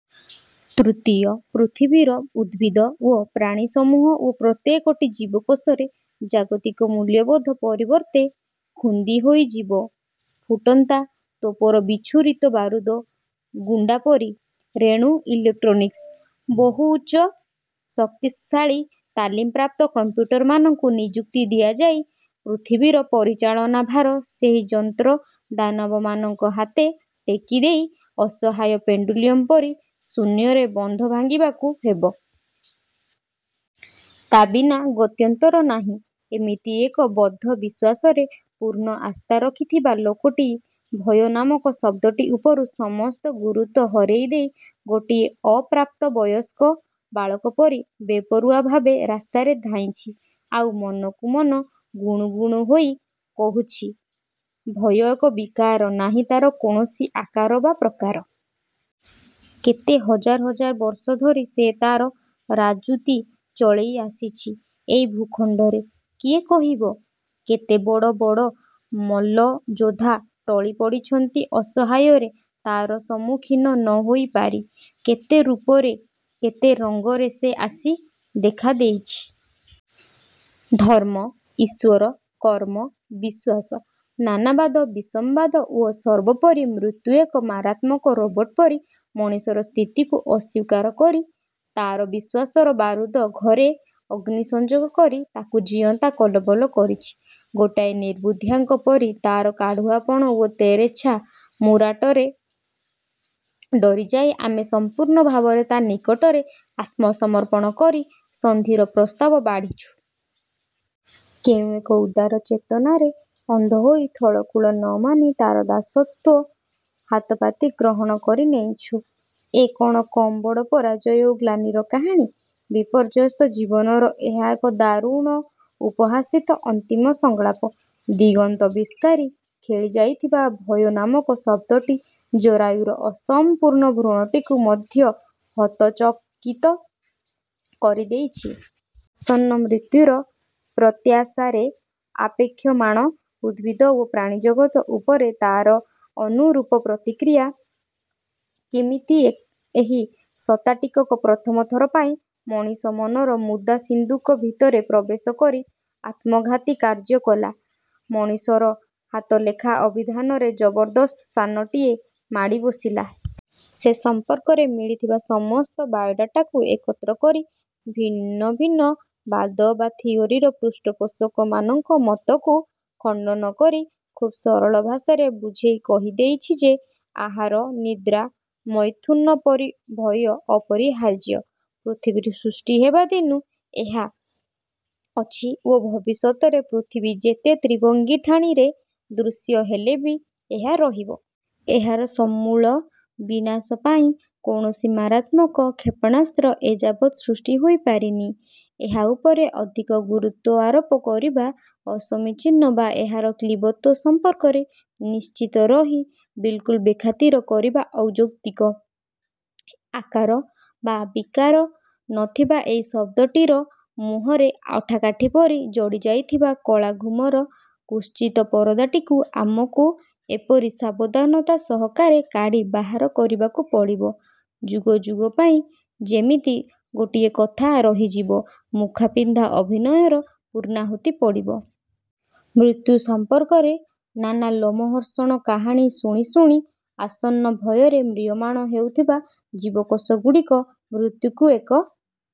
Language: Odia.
ତୃତୀୟ ପୃଥିବୀର ଉଦ୍ଭିଦ ଓ ପ୍ରାଣିସମୂହ ଓ ପ୍ରତ୍ୟେକଟି ଜୀବକୋଷରେ ଜାଗତିକ ମୂଲ୍ୟବୋଧ ପରିବର୍ତ୍ତେ ଖୁନ୍ଦି ହୋଇଯିବ ଫୁଟନ୍ତା ତୋପର ବିଚ୍ଛୁରିତ ବାରୁଦ ଗୁଣ୍ତାପରି ରେଣୁରେଣୁ ଇଲେକ୍ଟ୍ରୋନିକସ୍। ବହୁ ଉଚ୍ଚ ଶକ୍ତଶାଳୀ ତାଲିମପ୍ରାପ୍ତ କମ୍ପ୍ୟୁଟରମାନଙ୍କୁ ନିଯୁକ୍ତି ଦିଆଯାଇ ପୃଥିବୀର ପରିଚାଳନା ଭାର ସେଇ ଯନ୍ତ୍ର ଦାନବମାନଙ୍କ ହାତେ ଟେକି ଦେଇ ଅସହାୟ ପେଣ୍ଡୁଲମ୍ଟିପରି ଶୂନ୍ୟରେ ବନ୍ଧ ଭାଙ୍ଗିବାକୁ ହେବ। ତା'ବିନା ଗତ୍ୟନ୍ତର ନାଇଁ। ଏମିତି ଏକ ବଦ୍ଧ ବିଶ୍ୱାସରେ ପୂର୍ଣ୍ଣ ଆସ୍ଥା ରଖିଥିବା ଲୋକଟି ଭୟ ନାମକ ଶବ୍ଦଟି ଉପରୁ ସମସ୍ତ ଗୁରୁତ୍ୱ ହରେଇ ଦେଇ ଗୋଟିଏ ଅପ୍ରାପ୍ତବୟସ୍କ ବାଳକପରି ବେପାରଓ୍ୱା ଭାବେ ରାସ୍ତାରେ ଧାଇଁଚି। ଆଉ ମନକୁ ମନ ଗୁଣୁଗୁଣୁ ହୋଇ କହୁଚି—''ଭୟ ଏକ ବିକାର, ନାଇଁ ତା'ର କୌଣସି ଆକାର ବା ପ୍ରକାର। '' କେତେ ହଜାର ହଜାର ବର୍ଷ ଧରି ସେ ତା'ର ରାଜୁତି ଚଳେଇ ଆସିଚି ଏଇ ଭୂଖଣ୍ତରେ, କିଏ କହିବ। କେତେ ବଡ଼ ବଡ଼ ମଲ୍ଲ ଯୋଦ୍ଧା ଟଳି ପଡ଼ିଛନ୍ତି ଅସମୟରେ ତା'ର ସମ୍ମୁଖୀନ ହୋଇ ନ ପାରି। କେତେ ରୂପରେ, କେତେ ରଙ୍ଗରେ ସେ ଆସି ଦେଖାଦେଇଚି। ଧର୍ମ, ଈଶ୍ୱର, କର୍ମ; ବିଶ୍ୱାସ ନାନାବାଦ, ବିସମ୍ୱାଦ ଓ ସର୍ବୋପରି ମୃତ୍ୟୁଭୟ ଏକ ମାରାତ୍ମକ ରୋବୋର୍ଟ ପରି ମଣିଷର ସ୍ଥିତିକୁ ଅସ୍ୱୀକାର କରି, ତା'ର ବିଶ୍ୱାସର ବାରୁଦ ଘରେ ଅଗ୍ନି ସଂଯୋଗ କରି ତାକୁ ଜିଅନ୍ତା କଲବଲ କରିଚି। ଗୋଟାଏ ନିର୍ବୁଦ୍ଧିଆଙ୍କ ପରି ତା'ର କାଢ଼ୁଆପଣ ଓ ତେରେଚ୍ଛା ମୁରାଟରେ ଡରିଯାଇ ଆମେ ସମ୍ପୂର୍ଣ୍ଣ ଭାବରେ ତା' ନିକଟରେ ଆତ୍ମସମର୍ପଣ କରି ସନ୍ଧିର ପ୍ରସ୍ତାବ ବାଢ଼ିଛୁ। କେଉଁ ଏକ ଉଦାର ଚେତନାରେ ଅନ୍ଧ ହୋଇ ଥଳକୂଳ ନମାନି ତା'ର ଦାସତ୍ୱ ହାତପାତି ଗ୍ରହଣ କରିନେଇଛୁ। —ଏ କ'ଣ କମ୍ ବଡ଼ ପରାଜୟ ଓ ଗ୍ଳାନିର କାହାଣୀ। ବିପର୍ଯ୍ୟସ୍ତ ଜୀବନର ଏହା ଏକ ଦାରୁଣ ଉପହସିତ ଅନ୍ତିମ ସଂଳାପ। ଦିଗନ୍ତବିସ୍ତାରୀ ଖେଳି ଯାଇଥିବା ଭୟ ନାମକ ଶବ୍ଦଟି ଜରାୟୁର ଅସମ୍ପୂର୍ଣ୍ଣ ଭ୍ରୁଣଟିକୁ ମଧ୍ୟ ହତଚକିତ କରିଦେଇଛି। ଆସନ୍ନ ମୃତ୍ୟୁର ପ୍ରତ୍ୟାଶାରେ ଆପେକ୍ଷମାଣ ଉଦ୍ଭିଦ ଓ ପ୍ରାଣିଜଗତ ଉପରେ ତା'ର ଅନୁରୂପ ପ୍ରତିକ୍ରିୟା। କେମିତି ଏହି ସତ୍ତା ଟିକକ ପ୍ରଥମ ଥର ପାଇଁ ମଣିଷ ମନର ମୁଦା ସିନ୍ଦୁକ ଭିତରେ ପ୍ରବେଶକରି ଆତ୍ମଘାତୀ କାର୍ଯ୍ୟ କଲା, ମଣିଷର ହାତଲେଖା ଅଭିଧାନରେ ଜବରଦସ୍ତ ସ୍ଥାନଟିଏ ମାଡ଼ିବସିଲା। ସେ ସମ୍ପର୍କରେ ମିଳିଥିବା ସମସ୍ତ 'ବାଇଓଡ଼ାଟା'କୁ ଏକତ୍ର କରି, ଭିନ୍ନଭିନ୍ନ ବାଦ ବା ଥିଓରୀର ପୃଷ୍ଠପୋଷକମାନଙ୍କ ମତ୍ତକୁ ଖଣ୍ତନ କରି ଖୁବ୍ ସରଳ ଭାଷାରେ ବୁଝେଇ କହିଦେଇଛି ଯେ—ଆହାର, ନିଦ୍ରା, ମୈଥୁନ ପରି ଭୟ ଅପରିହାର୍ଯ୍ୟ। ପୃଥିବୀ ସୃଷ୍ଟି ହେବାଦିନୁ ଏହା ଅଛି ଓ ଭବିଷ୍ୟତରେ ପୃଥିବୀ ଯେତେ ତ୍ରିଭଙ୍ଗୀଠାଣିରେ ଦୃଶ୍ୟ ହେଲେ ବି ଏହା ରହିବ। ଏହାର ସମୂଳ ବିନାଶ ପାଇଁ କୌଣସି ମାରାତ୍ମକ କ୍ଷେପଣାସ୍ତ୍ର ଏଯାବତ୍ ସୃଷ୍ଟି ହୋଇପାରିନି। ଏହା ଉପରେ ଅଧିକ ଗୁରୁତ୍ୱ ଆରୋପ କରିବା ଅସମୀଚୀନ ବା ଏହାର କ୍ଳୀବତ୍ୱ ସମ୍ପର୍କରେ ନିଶ୍ଚିତ ରହି ବିଲ୍କୁଲ୍ ବେଖାତିର କରିବା ଅଯୌକ୍ତିକ। ଆକାର ବା ବିକାର ନଥିବା ଏଇ ଶବ୍ଦଟିର ମୁହଁରେ ଅଠାକାଠି ପରି ଜଡ଼ିଯାଇଥିବା କଳାଘୁମର କୁତ୍ସିତ ପର୍ଦ୍ଦାଟିକୁ ଆମକୁ ଏପରି ସାବଧାନତା ସହକାରେ କାଢ଼ି ବାହାର କରିବାକୁ ପଡ଼ିବ; ଯୁଗଯୁଗ ପାଇଁ ଯେମିତି ଗୋଟିଏ କଥା ରହିଯିବ, ମୁଖାପିନ୍ଧା ଅଭିନୟର ପୂର୍ଣ୍ଣାହୂତି ପଡ଼ିବ। ମୃତ୍ୟୁ ସମ୍ପର୍କରେ ନାନା ଲୋମହର୍ଷଣ କାହାଣୀ ଶୁଣିଶୁଣି ଆସନ୍ନ ଭୟରେ ମ୍ରିୟମାଣ ହେଉଥିବା ଜୀବକୋଷଗୁଡ଼ିକ ମୃତ୍ୟୁକୁ ଏକ